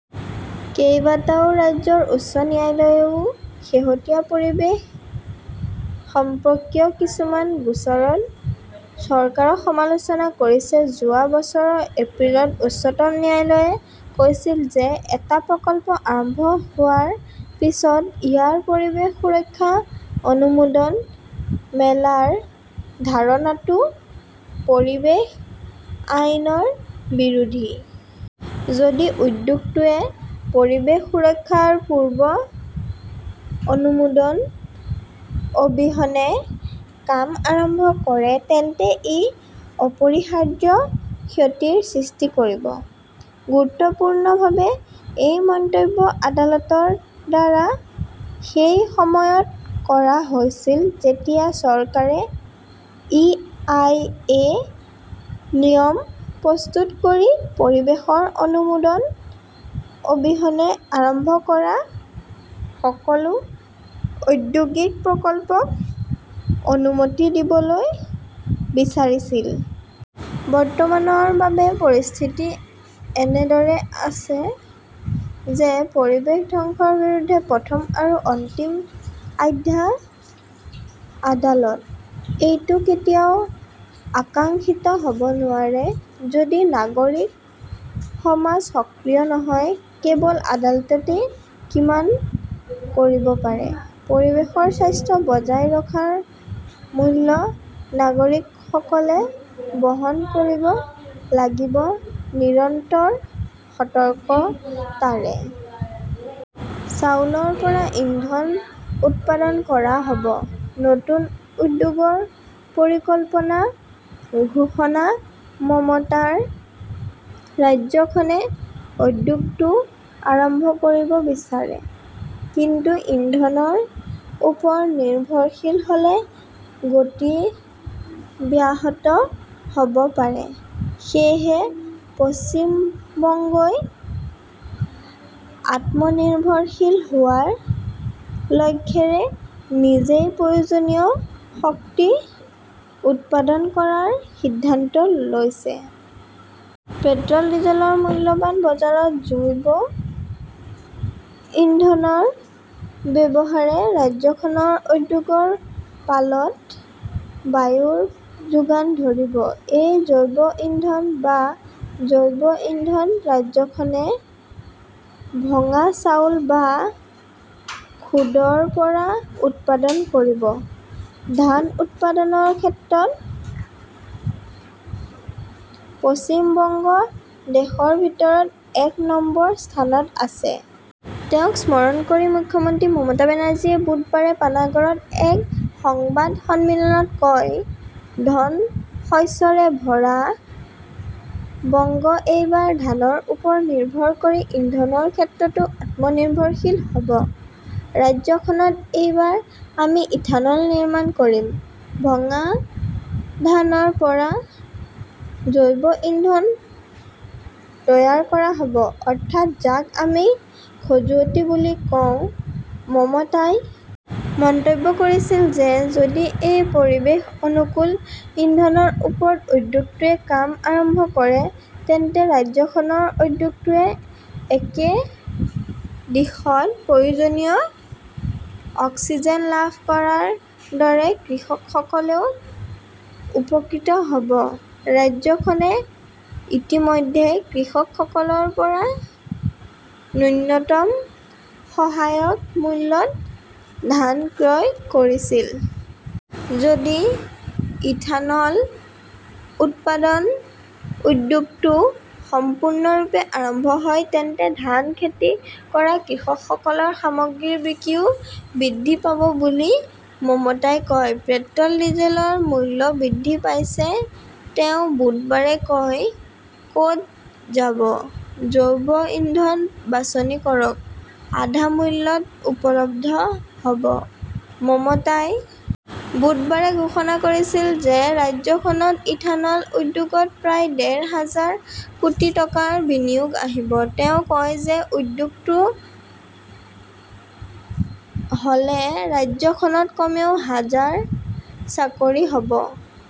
কেইবাটাও ৰাজ্যৰ উচ্চ ন্যায়ালয়েও শেহতীয়া পৰিৱেশ সম্পৰ্কীয় কিছুমান গোচৰত চৰকাৰক সমালোচনা কৰিছে। যোৱা বছৰৰ এপ্ৰিলত উচ্চতম ন্যায়ালয়ে কৈছিল যে এটা প্ৰকল্প আৰম্ভ হোৱাৰ পিছত ইয়াৰ পৰিৱেশ সুৰক্ষা অনুমোদন মেলাৰ ধাৰণাটো পৰিৱেশ আইনৰ বিৰোধী। যদি উদ্যোগটোৱে পৰিৱেশ সুৰক্ষাৰ পূৰ্ব অনুমোদন অবিহনে কাম আৰম্ভ কৰে তেন্তে ই অপৰিহাৰ্য ক্ষতিৰ সৃষ্টি কৰিব। গুৰুত্বপূৰ্ণভাৱে এই মন্তব্য আদালতৰ দ্বাৰা সেই সময়ত কৰা হৈছিল যেতিয়া চৰকাৰে ই. আই. এ. নিয়ম প্ৰস্তুত কৰি পৰিৱেশৰ অনুমোদন অবিহনে আৰম্ভ কৰা সকলো ঔদ্যোগিক প্ৰকল্পক অনুমতি দিবলৈ বিচাৰিছিল। বৰ্তমানৰ বাবে পৰিস্থিতি এনেদৰে আছে যে পৰিৱেশ ধ্বংসৰ বিৰুদ্ধে প্ৰথম আৰু অন্তিম আস্থা আদালত। এইটো কেতিয়াও আকাংক্ষিত হ'ব নোৱাৰে। যদি নাগৰিক সমাজ সক্ৰিয় নহয়, কেৱল আদালতে কিমান কৰিব পাৰে? পৰিৱেশৰ স্বাস্থ্য বজাই ৰখাৰ মূল্য নাগৰিকসকলে বহন কৰিব লাগিব নিৰন্তৰ সতৰ্কতাৰে। চাউলৰ পৰা ইন্ধন উৎপাদন কৰা হ'ব, নতুন উদ্যোগৰ পৰিকল্পনা ঘোষণা মমতাৰ ৰাজ্যখনে উদ্যোগটো আৰম্ভ কৰিব বিচাৰে। কিন্তু ইন্ধনৰ ওপৰত নিৰ্ভৰশীল হ'লে গতি ব্যাহত হ'ব পাৰে। সেয়েহে পশ্চিম বংগই আত্মনিৰ্ভৰশীল হোৱাৰ লক্ষ্যৰে নিজেই প্ৰয়োজনীয় শক্তি উৎপাদন কৰাৰ সিদ্ধান্ত লৈছে। পেট্ৰ'ল, ডিজেলৰ মূল্যৱান বজাৰত জৈৱ ইন্ধনৰ ব্যৱহাৰে ৰাজ্যখনৰ উদ্যোগৰ পালত বায়ু যোগান ধৰিব। এই জৈৱ ইন্ধন বা জৈৱ ইন্ধন ৰাজ্যখনে ভঙা চাউল বা খুডৰ পৰা উৎপাদন কৰিব। ধান উৎপাদনৰ ক্ষেত্ৰত পশ্চিম বংগ দেশৰ ভিতৰত এক নম্বৰ স্থানত আছে। তেওঁক স্মৰণ কৰি মুখ্যমন্ত্ৰী মমতা বেনাৰ্জীয়ে বুধবাৰে পানাগড়ত এক সংবাদ সন্মিলনত কয়, ধন শস্যৰে ভৰা বংগ এইবাৰ ধানৰ ওপৰত নিৰ্ভৰ কৰি ইন্ধনৰ ক্ষেত্ৰতো আত্মনিৰ্ভৰশীল হ'ব। ৰাজ্যখনত এইবাৰ আমি ইথানল নিৰ্মাণ কৰিম। ভঙা ধানৰ পৰা জৈৱ ইন্ধন তৈয়াৰ কৰা হ 'ব, অৰ্থাৎ যাক আমি খজুৱতি বুলি কওঁ। মমতাই মন্তব্য কৰিছিল যে যদি এই পৰিৱেশ অনুকূল ইন্ধনৰ ওপৰত উদ্যোগটোৱে কাম আৰম্ভ কৰে তেন্তে ৰাজ্যখনৰ উদ্যোগটোৱে একে দিশত প্ৰয়োজনীয় অক্সিজেন লাভ কৰাৰ দৰে কৃষকসকলেও উপকৃত হ'ব। ৰাজ্যখনে ইতিমধ্যে কৃষকসকলৰ পৰা ন্যূনতম সহায়ক মূল্যত ধান ক্ৰয় কৰিছিল। যদি ইথানল উৎপাদন উদ্যোগটো সম্পূৰ্ণৰূপে আৰম্ভ হয়, তেন্তে ধান খেতি কৰা কৃষকসকলৰ সামগ্ৰীৰ বিক্ৰীও বৃদ্ধি পাব বুলি মমতাই কয়। পেট্ৰ'ল, ডিজেলৰ মূল্য বৃদ্ধি পাইছে, তেওঁ বুধবাৰে কয়। ক'ত যাব, জৈৱ ইন্ধন বাছনি কৰক। আধা মূল্যত উপলব্ধ হ'ব। মমতাই বুধবাৰে ঘোষণা কৰিছিল যে ৰাজ্যখনত ইথানল উদ্যোগত প্ৰায় ডেৰ হাজাৰ কোটি টকাৰ বিনিয়োগ আহিব। তেওঁ কয় যে উদ্যোগটো হ'লে ৰাজ্যখনত কমেও হাজাৰ চাকৰি হ'ব।